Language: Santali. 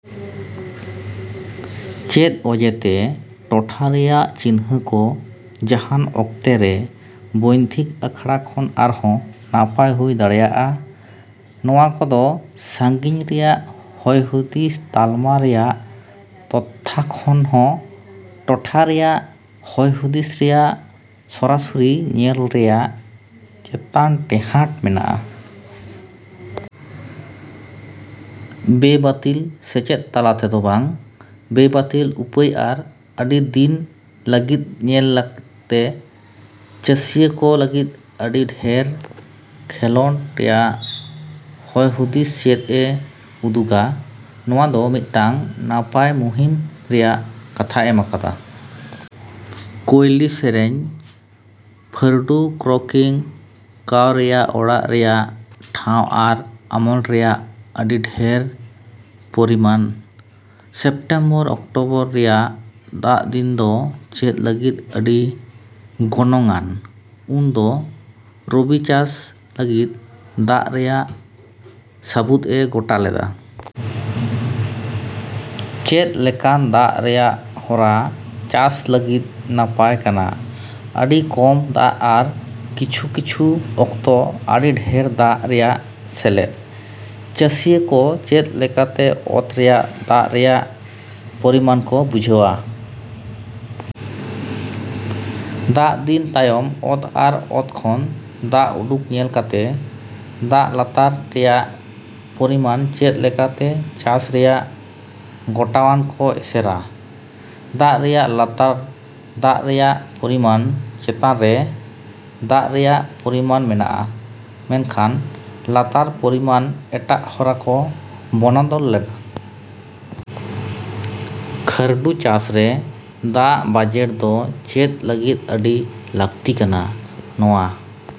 ᱪᱮᱫ ᱚᱡᱮᱛᱮ ᱴᱚᱴᱷᱟ ᱨᱮᱭᱟᱜ ᱪᱤᱱᱦᱟᱹ ᱠᱚ ᱡᱟᱦᱟᱱ ᱚᱠᱛᱮ ᱨᱮ ᱵᱳᱭᱱᱫᱷᱤᱠ ᱟᱠᱷᱟᱲᱟ ᱠᱷᱚᱱ ᱟᱨᱦᱚᱸ ᱱᱟᱯᱟᱭ ᱦᱩᱭ ᱫᱟᱲᱮᱭᱟᱜᱼᱟ? ᱱᱚᱶᱟ ᱠᱚᱫᱚ ᱥᱟᱹᱜᱤᱧ ᱨᱮᱭᱟᱜ ᱦᱚᱭᱦᱩᱫᱤᱥ ᱛᱟᱞᱢᱟ ᱨᱮᱭᱟᱜ ᱛᱚᱛᱛᱟ ᱠᱷᱚᱱ ᱦᱚᱸ ᱴᱚᱴᱷᱟ ᱨᱮᱭᱟᱜ ᱦᱚᱭᱦᱩᱫᱤᱥ ᱨᱮᱭᱟᱜ ᱥᱚᱨᱟᱥᱚᱨᱤ ᱧᱮᱞ ᱨᱮᱭᱟᱜ ᱪᱮᱛᱟᱱ ᱴᱮᱦᱟᱴ ᱢᱮᱱᱟᱜᱼᱟ ᱾ ᱵᱮᱼᱵᱟᱹᱛᱤᱞ ᱥᱮᱪᱮᱫ ᱛᱟᱞᱟᱛᱮ ᱫᱚ ᱵᱟᱝ, ᱵᱮᱼᱵᱟᱹᱛᱤᱞ ᱩᱯᱟᱹᱭ ᱟᱨ ᱟᱹᱰᱤ ᱫᱤᱱ ᱞᱟᱹᱜᱤᱫ ᱧᱮᱞ ᱞᱟᱹᱜᱤᱫ ᱛᱮ ᱾ ᱪᱟᱥᱤᱭᱟᱹ ᱠᱚ ᱞᱟᱹᱜᱤᱫ ᱟᱹᱰᱤ ᱰᱷᱮᱨ ᱠᱷᱮᱹᱞᱳᱰ ᱨᱮᱭᱟᱜ ᱦᱚᱭᱦᱩᱫᱤᱥ ᱪᱮᱫ ᱮ ᱩᱫᱩᱜᱟ? ᱱᱚᱶᱟ ᱫᱚ ᱢᱤᱫᱴᱟᱝ ᱱᱟᱯᱟᱭ ᱢᱩᱱᱥᱩᱢ ᱨᱮᱭᱟᱜ ᱠᱟᱛᱷᱟ ᱮᱢ ᱟᱠᱟᱫᱟ ᱾ ᱠᱳᱭᱞᱤ ᱥᱮᱹᱨᱮᱹᱧ, ᱯᱷᱟᱹᱨᱰᱩ ᱠᱨᱚᱠᱤᱝ, ᱠᱟᱣ ᱨᱮᱭᱟᱜ ᱚᱲᱟᱜ ᱨᱮᱭᱟᱜ ᱴᱷᱟᱶ ᱟᱨ ᱟᱢᱚᱞ ᱨᱮᱭᱟᱜ ᱟᱹᱰᱤ ᱰᱷᱮᱨ ᱯᱚᱨᱤᱢᱟᱱ ᱾ ᱥᱮᱯᱴᱮᱢᱵᱚᱨᱼ ᱚᱠᱴᱳᱵᱚᱨ ᱨᱮᱭᱟᱜ ᱫᱟᱜ ᱫᱤᱱ ᱫᱚ ᱪᱮᱫ ᱞᱟᱹᱜᱤᱫ ᱟᱹᱰᱤ ᱜᱚᱱᱚᱝ ᱟᱱ? ᱩᱱ ᱫᱚ ᱨᱚᱵᱤ ᱪᱟᱥ ᱞᱟᱹᱜᱤᱫ ᱫᱟᱜ ᱨᱮᱭᱟᱜ ᱥᱟᱹᱵᱩᱫ ᱮ ᱜᱚᱴᱟ ᱞᱮᱫᱟ ᱾ ᱪᱮᱫ ᱞᱮᱠᱟᱱ ᱫᱟᱜ ᱨᱮᱭᱟᱜ ᱦᱚᱨᱟ ᱪᱟᱥ ᱞᱟᱹᱜᱤᱫ ᱱᱟᱯᱟᱭ ᱠᱟᱱᱟ? ᱟᱹᱰᱤ ᱠᱚᱢ ᱫᱟᱜ ᱟᱨ ᱠᱤᱪᱷᱩ ᱠᱤᱪᱷᱩ ᱚᱠᱛᱚ ᱟᱹᱰᱤ ᱰᱷᱮᱨ ᱫᱟᱜ ᱨᱮᱭᱟᱜ ᱥᱮᱞᱮᱫ ᱾ ᱪᱟᱥᱤᱭᱟᱹ ᱠᱚ ᱪᱮᱫ ᱞᱮᱠᱟᱛᱮ ᱚᱛ ᱨᱮᱭᱟᱜ ᱫᱟᱜ ᱨᱮᱭᱟᱜ ᱯᱚᱨᱤᱢᱟᱱ ᱠᱚ ᱵᱤᱰᱟᱹᱣᱼᱟ? ᱫᱟᱜ ᱫᱤᱱ ᱛᱟᱭᱚᱢ ᱚᱛ ᱟᱨ ᱚᱛ ᱠᱷᱚᱱ ᱫᱟᱜ ᱩᱰᱩᱠ ᱧᱮᱞ ᱠᱟᱛᱮ ᱾ ᱫᱟᱜ ᱞᱟᱛᱟᱨ ᱨᱮᱭᱟᱜ ᱯᱚᱨᱤᱢᱟᱱ ᱪᱮᱫ ᱞᱮᱠᱟᱛᱮ ᱪᱟᱥ ᱨᱮᱭᱟᱜ ᱜᱚᱴᱟᱣᱟᱱ ᱠᱚ ᱮᱥᱮᱨᱼᱟ? ᱫᱟᱜ ᱨᱮᱭᱟᱜ ᱞᱟᱛᱟᱨ ᱫᱟᱜ ᱨᱮᱭᱟᱜ ᱯᱚᱨᱤᱢᱟᱱ ᱪᱮᱛᱟᱱ ᱨᱮ ᱫᱟᱜ ᱨᱮᱭᱟᱜ ᱯᱚᱨᱤᱢᱟᱱ ᱢᱮᱱᱟᱜ ᱟ, ᱢᱮᱱᱠᱷᱟᱱ ᱞᱟᱛᱟᱨ ᱯᱚᱨᱤᱢᱟᱱ ᱮᱴᱟᱜ ᱦᱚᱨᱟ ᱠᱚ ᱵᱚᱱᱚᱫᱚᱞ ᱞᱮᱫᱟ ᱾ ᱠᱷᱟᱹᱨᱰᱩ ᱪᱟᱥ ᱨᱮ ᱫᱟᱜ ᱵᱟᱡᱮᱴ ᱫᱚ ᱪᱮᱫ ᱞᱟᱹᱜᱤᱫ ᱟᱹᱰᱤ ᱞᱟᱹᱠᱛᱤ ᱠᱟᱱᱟ? ᱱᱚᱶᱟ